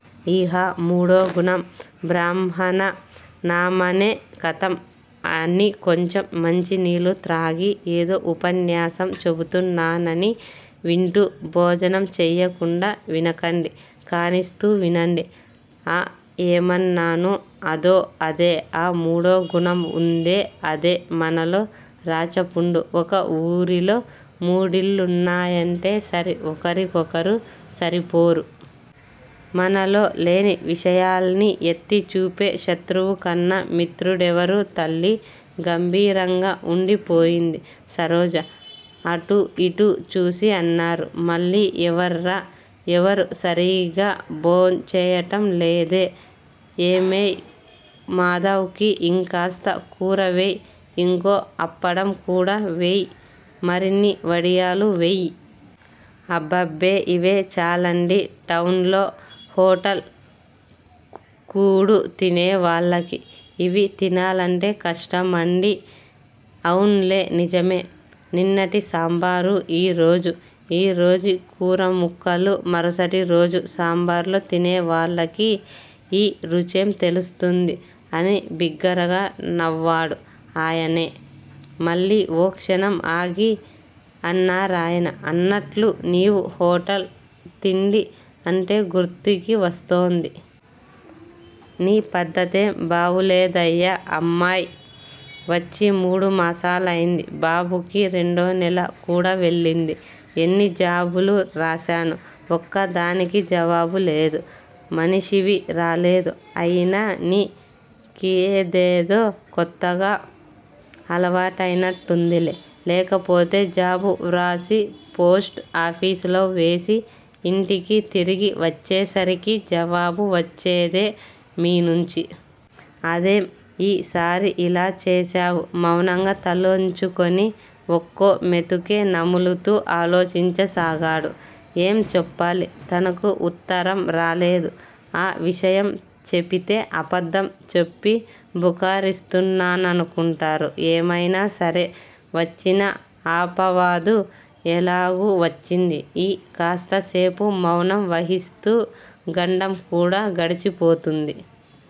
ఇహ మూడో గుణం బ్రహ్మణానామనేకతమ్ అని కొంచెం మంచి నీళ్ళు త్రాగి, ఏదో ఉపన్యాసం చెపుతున్నానని వింటూ భోజనం చెయ్యకుండా వినకండి. కానిస్తూ వినండి. ఆ ఎమన్నాను? అదో అదే ఆ మూడో గుణం వుందే అదే మనలో రాచపుండు. ఒక వూరిలో మూడిళ్ళున్నాయంటే సరి ఒకరికొకరు సరిపోరు. మనలో లేని విషయాల్ని ఎత్తి చూపే శత్రువుకన్నా మిత్రుడేవరు తల్లీ గంభీరంగా వుండిపోయింది సరోజ. అటూ యిటూ చూసి అన్నారు మళ్ళీ ఏమర్రా ఎవరూ సరిగా భోంచేయటం లేదే- ఏమేవ్ మాధవ్ కి యింకాస్త కూరవేయ్. ఇంకో అప్పడం కూడా వెయ్. మరిన్ని వడియాలు వెయ్. అబ్బబ్బే! ఇవే చాలండి. టౌన్ లో హోటల్ కూడుతినేవాళ్ళకి ఇవి తినాలంటే కష్టమండి అవున్లే నిజమే! నిన్నటి సాంబారు, యీరోజు, ఈరోజు కూరముక్కలు మరుసటి రోజు సాంబార్లో తినేవాళ్ళకి యీ రుచేం తెలుస్తుంది! అని బిగ్గరగా నవ్వాడు ఆయనే. మళ్ళీ ఓ క్షణం ఆగి అన్నారాయన అన్నట్లు నీవు హోటల్ తిండి అంటే గుర్తుకి వస్తోంది. నీ పద్దతేం బావులేదయ్యా అమ్మాయ్ వచ్చి మూడు మాసాలైంది, బాబుకి రెండో నెల కూడా వెళ్ళింది. ఎన్ని జాబులు రాశాను- ఒక్కదానికి జవాబు లేదు. మనిషివి రాలేదు అయినా నీ కిదేదో కొత్తగా అలవాటైనట్టుందిలే! లేకపోతే జాబు వ్రాసి పోస్ట్ ఆఫీసులో వేసి యింటికి తిరిగి వచ్చేసరికి జవాబు వచ్చేదే మీనించి! అదేం యీ సారి యిలా చేశావు? మౌనంగా తలవంచుకొని ఒక్కో మెతుకే నములుతూ ఆలోచించసాగాడు. ఏం చెప్పాలి? తనకు వుత్తరం రాలేదు. ఆ విషయం చెపితే అబద్దం చెప్పి బుకరిస్తున్నాననుకుంటారు. ఏమైనా సరే వచ్చిన అపవాదు ఎలాగూ వచ్చింది. ఈ కాస్త సేపు మౌనం వహిస్తూ గండం కూడా గడిచిపోతుంది.